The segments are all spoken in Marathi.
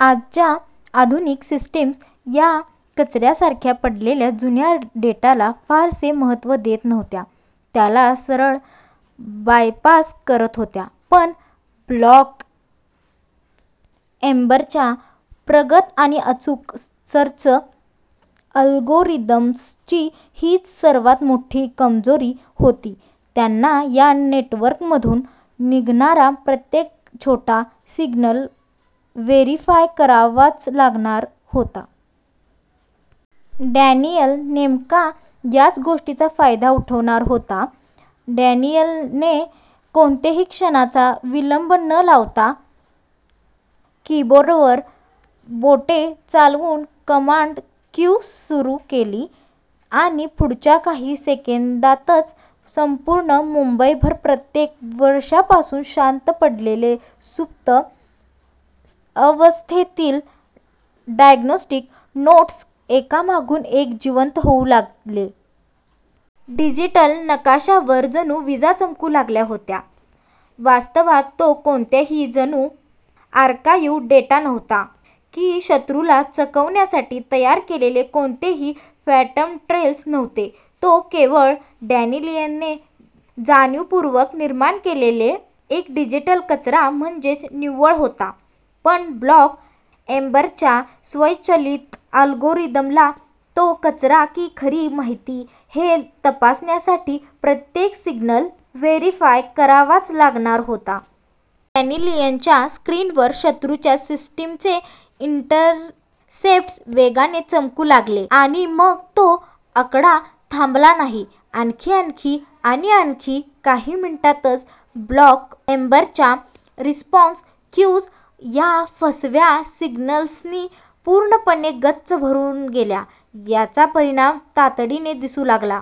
आजच्या आधुनिक सिस्टीम्स या कचऱ्यासारख्या पडलेल्या जुन्या डेटाला फारसे महत्त्व देत नव्हत्या, त्याला सरळ बायपास करत होत्या. पण ब्लॅक एम्बरच्या प्रगत आणि अचूक सर्च अल्गोरिदम्सची हीच सर्वात मोठी कमजोरी होती. त्यांना या नेटवर्कमधून निघणारा प्रत्येक छोटा सिग्नल व्हेरिफाय करावाच लागणार होता. डॅनियल नेमका याच गोष्टीचा फायदा उठवणार होता. डॅनियलने कोणत्याही क्षणाचा विलंब न लावता कीबोर्डवर बोटे चालवून कमांड क्यू सुरू केली आणि पुढच्या काही सेकंदांतच, संपूर्ण मुंबईभर कित्येक वर्षांपासून शांत पडलेले, सुप्त अवस्थेतील डायग्नोस्टिक नोड्स एकामागून एक जिवंत होऊ लागले. डिजिटल नकाशावर जणू विजा चमकू लागल्या होत्या. वास्तवात तो कोणताही जुना आर्काइव्ह डेटा नव्हता, की शत्रूला चकवण्यासाठी तयार केलेले कोणतेही फँटम ट्रेल्स नव्हते. तो केवळ डॅनियलने जाणीवपूर्वक निर्माण केलेला एक डिजिटल कचरा म्हणजेच निव्वळ होता, पण ब्लॅक एम्बरच्या स्वयंचलित अल्गोरिदमला तो कचरा की खरी माहिती, हे तपासण्यासाठी प्रत्येक सिग्नल व्हेरीफाय करावाच लागणार होता. डॅनियलच्या स्क्रीनवर शत्रूच्या सिस्टीमचे इंटरसेप्ट्स वेगाने चमकू लागले, आणि मग तो आकडा थांबला नाही. आणखी... आणखी... आणि आणखी! काही मिनिटांतच ब्लॅक एम्बरच्या रिस्पॉन्स क्यूज या फसव्या सिग्नल्सनी पूर्णपणे गच्च भरून गेल्या. याचा परिणाम तातडीने दिसू लागला.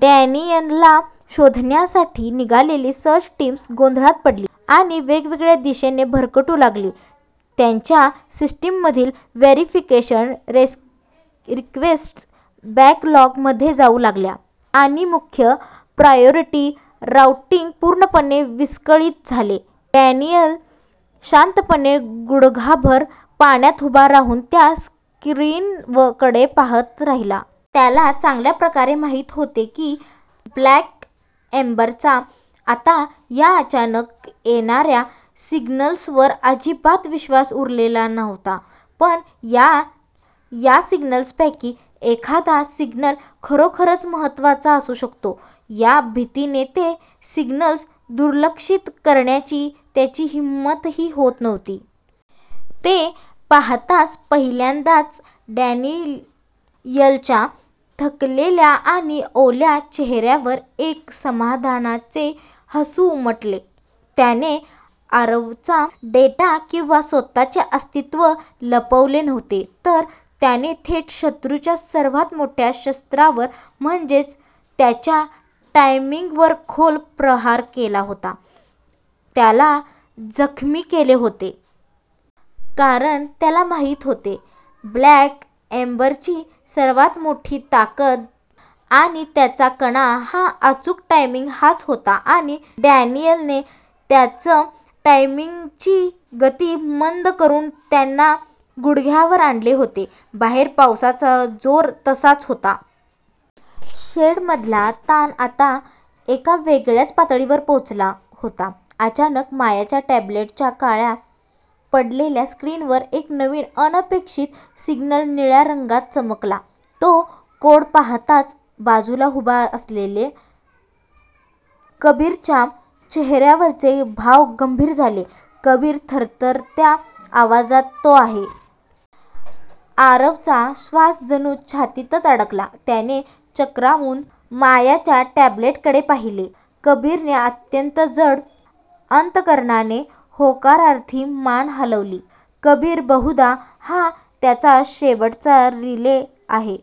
डॅनियलला शोधण्यासाठी निघालेली सर्च टीम्स गोंधळात पडली आणि वेगवेगळ्या दिशांना भरकटू लागली. त्यांच्या सिस्टीममधील व्हेरीफिकेशन रिक्वेस्ट्स बॅकलॉग मध्ये जाऊ लागल्या आणि मुख्य प्रायोरिटी राउटिंग पूर्णपणे विस्कळीत झाले. डॅनियल शांतपणे, गुडघाभर पाण्यात उभा राहून त्या स्क्रीनकडे पाहत राहिला. त्याला चांगल्या प्रकारे माहीत होते की, ब्लॅक एम्बरचा आता या अचानक येणाऱ्या सिग्नल्सवर अजिबात विश्वास उरलेला नव्हता. पण, या सिग्नल्सपैकी एखादा सिग्नल खरोखरच महत्त्वाचा असू शकतो, या भीतीने ते सिग्नल्स दुर्लक्षित करण्याची त्यांची हिंमतही होत नव्हती. ते पाहताच, पहिल्यांदाच डॅनियलच्या थकलेल्या आणि ओल्या चेहऱ्यावर एक समाधानाचे हसू उमटले. त्याने आरवचा डेटा किंवा स्वतःचे अस्तित्व लपवले नव्हते, तर त्याने थेट शत्रूच्या सर्वात मोठ्या शस्त्रावर म्हणजेच त्यांच्या टायमिंगवर खोल प्रहार केला होता, त्याला जखमी केले होते. कारण त्याला माहीत होते, ब्लॅक एम्बरची सर्वात मोठी ताकद आणि त्यांचा कणा हा अचूक टायमिंग हाच होता आणि डॅनियलने त्याच टायमिंगची गती मंद करून त्यांना गुडघ्यावर आणले होते. बाहेर पावसाचा जोर तसाच होता. शेडमधला ताण आता एका वेगळ्याच पातळीवर पोहोचला होता. अचानक, मायाच्या टॅब्लेटच्या काळ्या पडलेल्या स्क्रीनवर एक नवीन, अनपेक्षित सिग्नल निळ्या रंगात चमकला. तो कोड पाहताच बाजूला उभा असलेला कबीरच्या चेहऱ्यावरचे भाव गंभीर झाले. कबीर थरथरात्या आवाजात, "तो आहे... " आरवचा श्वास जणू छातीतच अडकला. त्याने चक्रावून मायाच्या टॅबलेटकडे पाहिले. कबीरने अत्यंत जड अंतःकरणाने होकारार्थी मान हलवली. कबीर, "बहुधा... हा त्याचा शेवटचा रिले आहे.